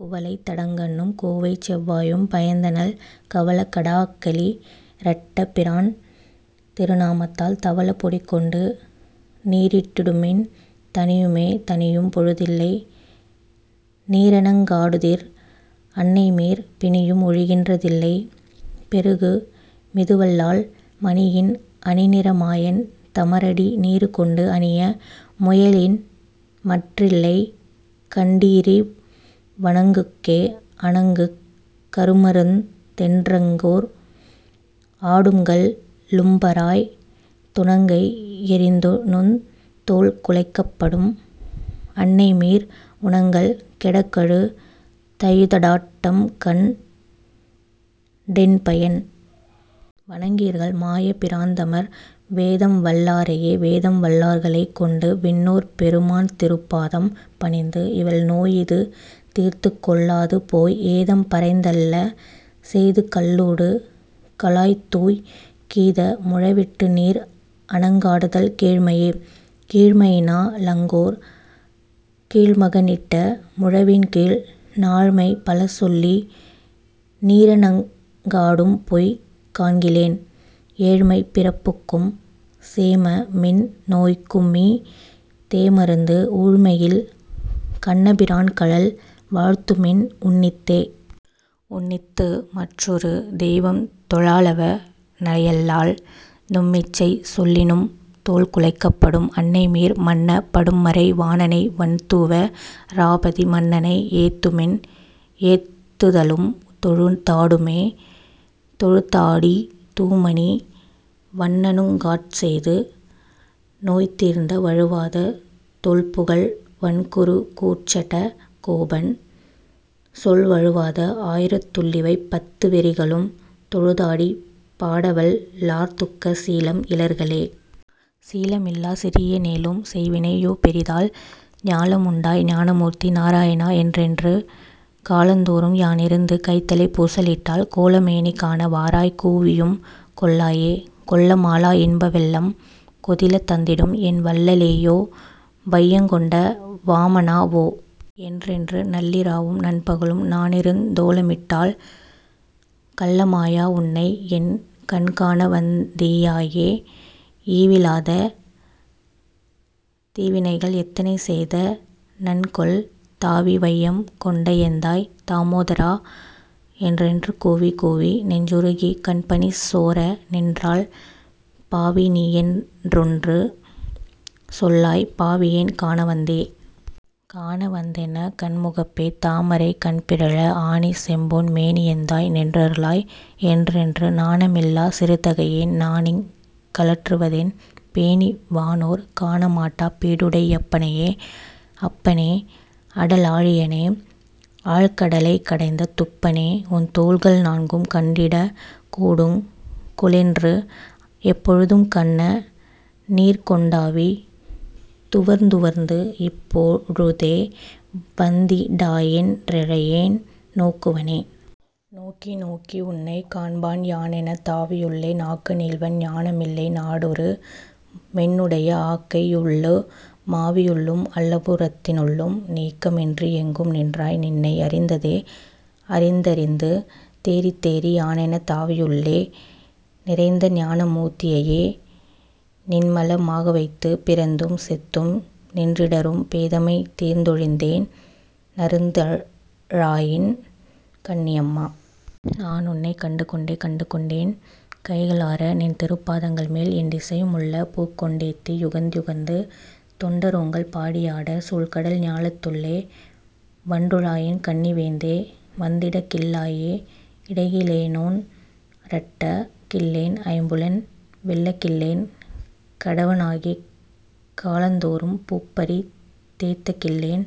குவளைத் தடங்கண்ணும் கோவைச்செவ்வாயும் பயந்தனள், கவளக் கடாக்களி றட்டபிரான்திரு நாமத்தால், தவளப் பொடிக்கொண்டு நீரிட்டிடுமின் தணியுமே.. தணியும் பொழுதில்லை நீரணங்காடுதிர் அன்னைமீர், பிணியும் ஒழிகின்ற தில்லை பெருகு மிதுவல்லால், மணியின் அணிநிற மாயன் தமரடி நீறுகொண்டு, அணிய முயலின்மற் றில்லைகண்டீரிவ் வணங்குக்கே.. அணங்குக் கருமருந் தென்றங்கோர் ஆடும்கள் ளும்பராய் துணங்கை யெறிந்துநுந் தோள்குலைக்கப்படும் அன்னைமீர், உணங்கல் கெடக்கழு தையுதடாட்டம்கண் டென்பயன்? வணங்கீர்கள் மாயப் பிரான்தமர் வேதம்வல் லாரையே.. வேதம்வல் லார்களைக் கொண்டுவிண்ணோர்பெரு மான்திருப் பாதம் பணிந்து, இவள் நோயிது தீர்த்துக்கொள் ளாதுபோய் ஏதம் பறைந்தல்ல செய்துகள்ளூடு கலாய்த்தூய், கீத முழவிட்டு நீர் அணங் காடுதல் கீழ்மையே.. கீழ்மையினா லங்கோர் கீழ்மகனிட்ட முழவின்கீழ், நாழ்மை பலசொல்லி நீரணங்காடும்பொய் காண்கிலேன், ஏழ்மைப் பிறப்புக்கும் சேமமிந் நோய்க்குமீ தேமருந்து, ஊழ்மையில் கண்ணபி ரான்கழல் வாழ்த்துமின் உன்னித்தே.. உன்னித்து மற்றொரு தெய்வம்தொழாளவ னையல்லால், நும்மிச்சை சொல்லிநும் தோள்குலைக்கப்படும் அன்னைமீர், மன்னப் படும்மறை வாணனை வண்துவ ராபதி மன்னனை, ஏத்துமின் ஏத்துதலும்தொழு தாடுமே. தொழுதாடி தூமணி வண்ணனுக்காட்செய்து நோய்தீர்ந்த வழுவாத தொல்புகழ் வண்குருகூர்ச்சட கோபன், சொல் வழுவாத ஆயிரத் துள்ளிவை பத்து வெறிகளும், தொழுதாடிப் பாடவல் லார்துக்க சீலம் இலர்களே. சீலம் இல்லாச் சிறிய னேலும் செய்வினை யோபெரிதால், ஞாலம் உண்டாய் ஞானமூர்த்தி நாராய ணா. என்றென்று, காலந் தோறும் யானிருந்து கைதலை பூசலிட்டால் கோல மேனி காண வாராய் கூவியும் கொள்ளாயே.. கொள்ள மாளா இன்ப வெள்ளம் கொதில தந்திடும், என் வள்ள லேயோ. வையங் கொண்ட வாமனா வோ. என்றென்று, நள்ளி ராவும் நண்பகலும் நானிருந் தோலமிட்டால், கள்ள மாயா. உன்னை யென்கண் காணவந் தீயாயே.. ஈவி லாத தீவினைகள் எத்தனை செய்த னன்கொல்? தாவி வையம் கொண்ட எந்தாய். தாமோதரா. என்றென்று கூவிக் கூவி நெஞ்சுருகிக் கண்பனி சோர நின்றால், பாவி நீயென் றொன்று சொல்லாய் பாவியேன் காணவந்தே.. காண வந்தென கண்முகப்பே தாமரைக் கண்பிறழ, ஆணி செம்பொன் மேனியெந்தாய். நின்றருளாய் என்றென்று, நாண மில்லாச் சிறுதகையேன் நானிங் கலற்றுவதென், பேணி வானோர் காணமாட்டாப் பீடுடை யப்பனையே?. அப்ப னே. அட லாழியானே, ஆழ்கட லைக்கடைந்த துப்ப னே, உன் தோள்கள் நான்கும் கண்டிடக்கூடுங் கொலென்று, எப்பொ ழுதும் கண்ண நீர்கொண் டாவி துவர்ந்துவர்ந்து, இப்போ ழுதே வந்தி டாயென் றேழையேன் நோக்குவனே.. நோக்கி நோக்கி உன்னைக் காண்பான் யானென தாவியுள்ளே, நாக்கு நீள்வன் ஞான மில்லை நாடோ று மென்னுடைய, ஆக்கை யுள்ளூ மாவி யுள்ளும் அல்லபு றத்தினுள்ளும், நீக்க மின்றி யெங்கும் நின்றாய். நின்னை யறிந்தறிந்தே.. அறிந்த றிந்து தேறித் தேறி யானென தாவியுள்ளே, நிறைந்த ஞான மூர்த்தி யாயை நின்மல மாகவைத்து, பிறந்தும் செத்தும் நின்றிடறும் பேதைமை தீர்ந்தொ ழிந்தேன் நறுந்து ழாயின் கண்ணி யம்மா. நானுன்னைக் கண்டுகொண்டே.. கண்டு கொண்டென் கைக ளார நின்திருப் பாதங்கள்மேல், எண்டி சையு முள்ள பூக்கொண் டேத்தி யுகந்துகந்து, தொண்ட ரோங்கள் பாடி யாடச் சூழ்கடல் ஞாலத்துள்ளே, வண்டு ழாயின் கண்ணி வேந்தே. வந்திட கில்லாயே.. இடகி லேனோன் றட்ட கில்லேன் ஐம்புலன் வெல்லகில்லேன், கடவ னாகிக் காலந் தோறும் பூப்பறித் தேத்தகில்லேன்,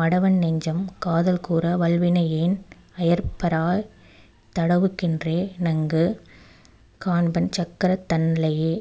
மடவன் நெஞ்சம் காதல் கூர வல்வினை யேன்அயர்ப்பாய், தடவு கின்றே னெங்குக் காண்பன் சக்கரத் தண்ணலையே?.